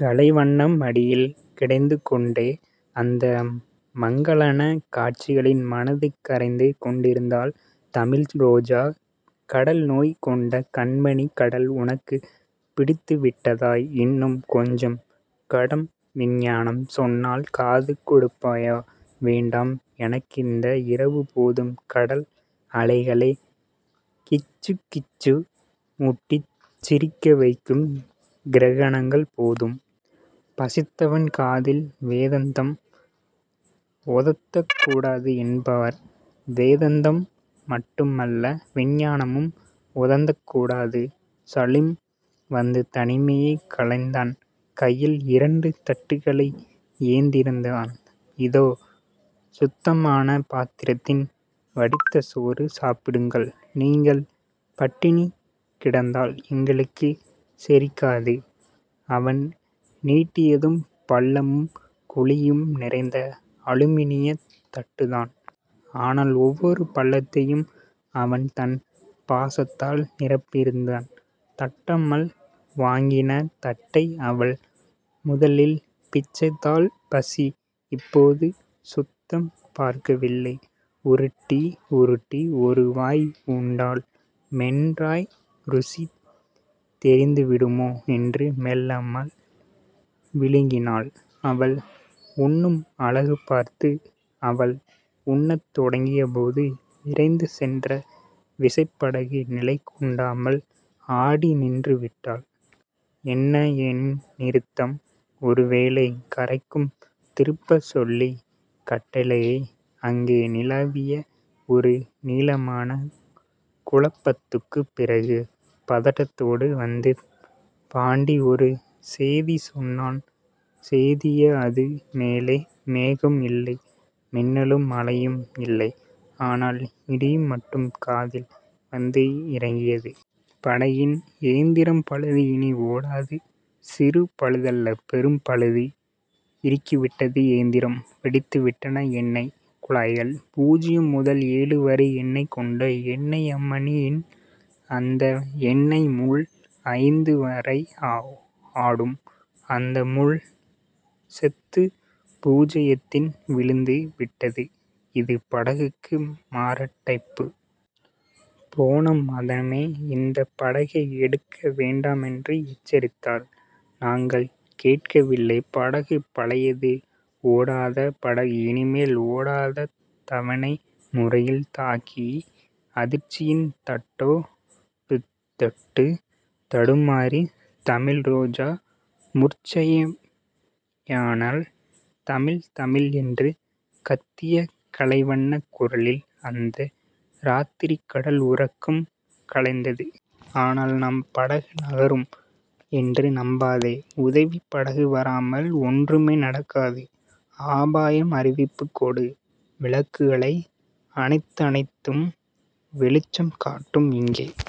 கலைவண்ணம் மடியில் கிடந்துகொண்டே அந்த மங்கலான காட்சிகளில் மனது கரைந்து கொண்டிருந்தாள் தமிழ்ரோஜா. கடல்நோய் கொண்ட கண்மணி. கடல் உனக்கும் பிடித்துவிட்டதா..? இன்னும் கொஞ்சம் கடல் விஞ்ஞானம் சொன்னால் காது கொடுப்பாயா..? வேண்டாம்... எனக்கிந்த இரவுபோதும். கடல் அலைகளைக் கிச்சுக்கிச்சு முட்டிச் சிரிக்கவைக்கும் கிரணங்கள் போதும். பசித்தவன் காதில் வேதந்தம் ஓதக்கூடாது என்பார்கள். வேதந்தம் மட்டுமல்ல. விஞ்ஞானமும் ஓதக்கூடாது... சலீம் வந்து தனிமை கலைத்தான். கையில் இரண்டு தட்டுகள் ஏந்தியிருந்தான். இதோ. சுத்தமான பாத்திரத்தில் வடித்த சோறு. சாப்பிடுங்கள்... நீங்கள் பட்டினி கிடந்தால் எங்களுக்குச் செரிக்காது... அவன் நீட்டியது பள்ளமும் குழியும் நிறைந்த அலுமினியத் தட்டுதான். ஆனால் ஒவ்வொரு பள்ளத்தையும் அவன் தன் பாசத்தால் நிரப்பியிருந்தான். தட்டாமல் வாங்கினர் தட்டை. அவள் முதலில் பிச்சைந்தாள். பசி இப்போது சுத்தம் பார்க்கவில்லை. உருட்டி உருட்டி ஒரு வாய் உண்டாள். மென்றால் ருசி தெரிந்துவிடுமோ என்று மெல்லாமல் விழுங்கினாள். அவள் உண்ணும் அழகுபார்த்து அவன் உண்ணத் தொடங்கியபோது, விரைந்து சென்ற விசைப்படகு நிலைகொள்ளாமல் ஆடி நின்றுவிட்டது. என்ன... ஏனிந்த நிறுத்தம்..? ஒருவேளை கரைக்குத் திருப்பச் சொல்லிக் கட்டளையா..? அங்கே நிலவிய ஒரு நீளமான குழப்பத்துக்குப் பிறகு பதட்டத்தோடு வந்து பாண்டி ஒரு சேதி சொன்னான். சேதியா அது..? மேலே மேகம் இல்லை. மின்னலும் மழையும் இல்லை. ஆனால் இடிமட்டும் காதில் வந்து இறங்கியது. படகின் ஏந்திரம் பழுது. இனி ஓடாது. சிறு பழுதல்ல. பெரும் பழுது. இறுகிவிட்டது எந்திரம். வெடித்துவிட்டன எண்ணெய்க் குழாய்கள். பூஜ்ஜியம் முதல் ஏழு வரை எண்ணைகொண்ட எண்ணெய்மானியில் அந்த எண்ணெய் முள் ஐந்து வரை ஆடும். அந்த முள் செத்து பூஜ்யத்தில் விழுந்து விட்டது. இது படகுக்கு மாரடைப்பு. போன மாதமே இந்தப் படகை எடுக்க வேண்டாமென்று எச்சரித்தார்கள். நாங்கள் கேட்கவில்லை. படகு பழையது. ஓடாத? படகு இனிமேல் ஓடாத? தவணை முறையில் தாக்கிய அதிர்ச்சியில் தட்டோ டு தட்டுத் தடுமாறித் தமிழ்ரோஜா முர்ச்சையானள். தமிழ். தமிழ். என்று கத்திய கலைவண்ணன் குரலில் அந்த ராத்திரிக்கடல் உறக்கம் கலைந்தது. ஆனால் நம் படகு நகரும் என்று நம்பாதே. உதவிப் படகு வராமல் ஒன்றுமே நடக்காது. அபாய அறிவிப்புக் கொடு. விளக்குகளை அணைத்தணைத்தும் வெளிச்சம் காட்டும் இங்கே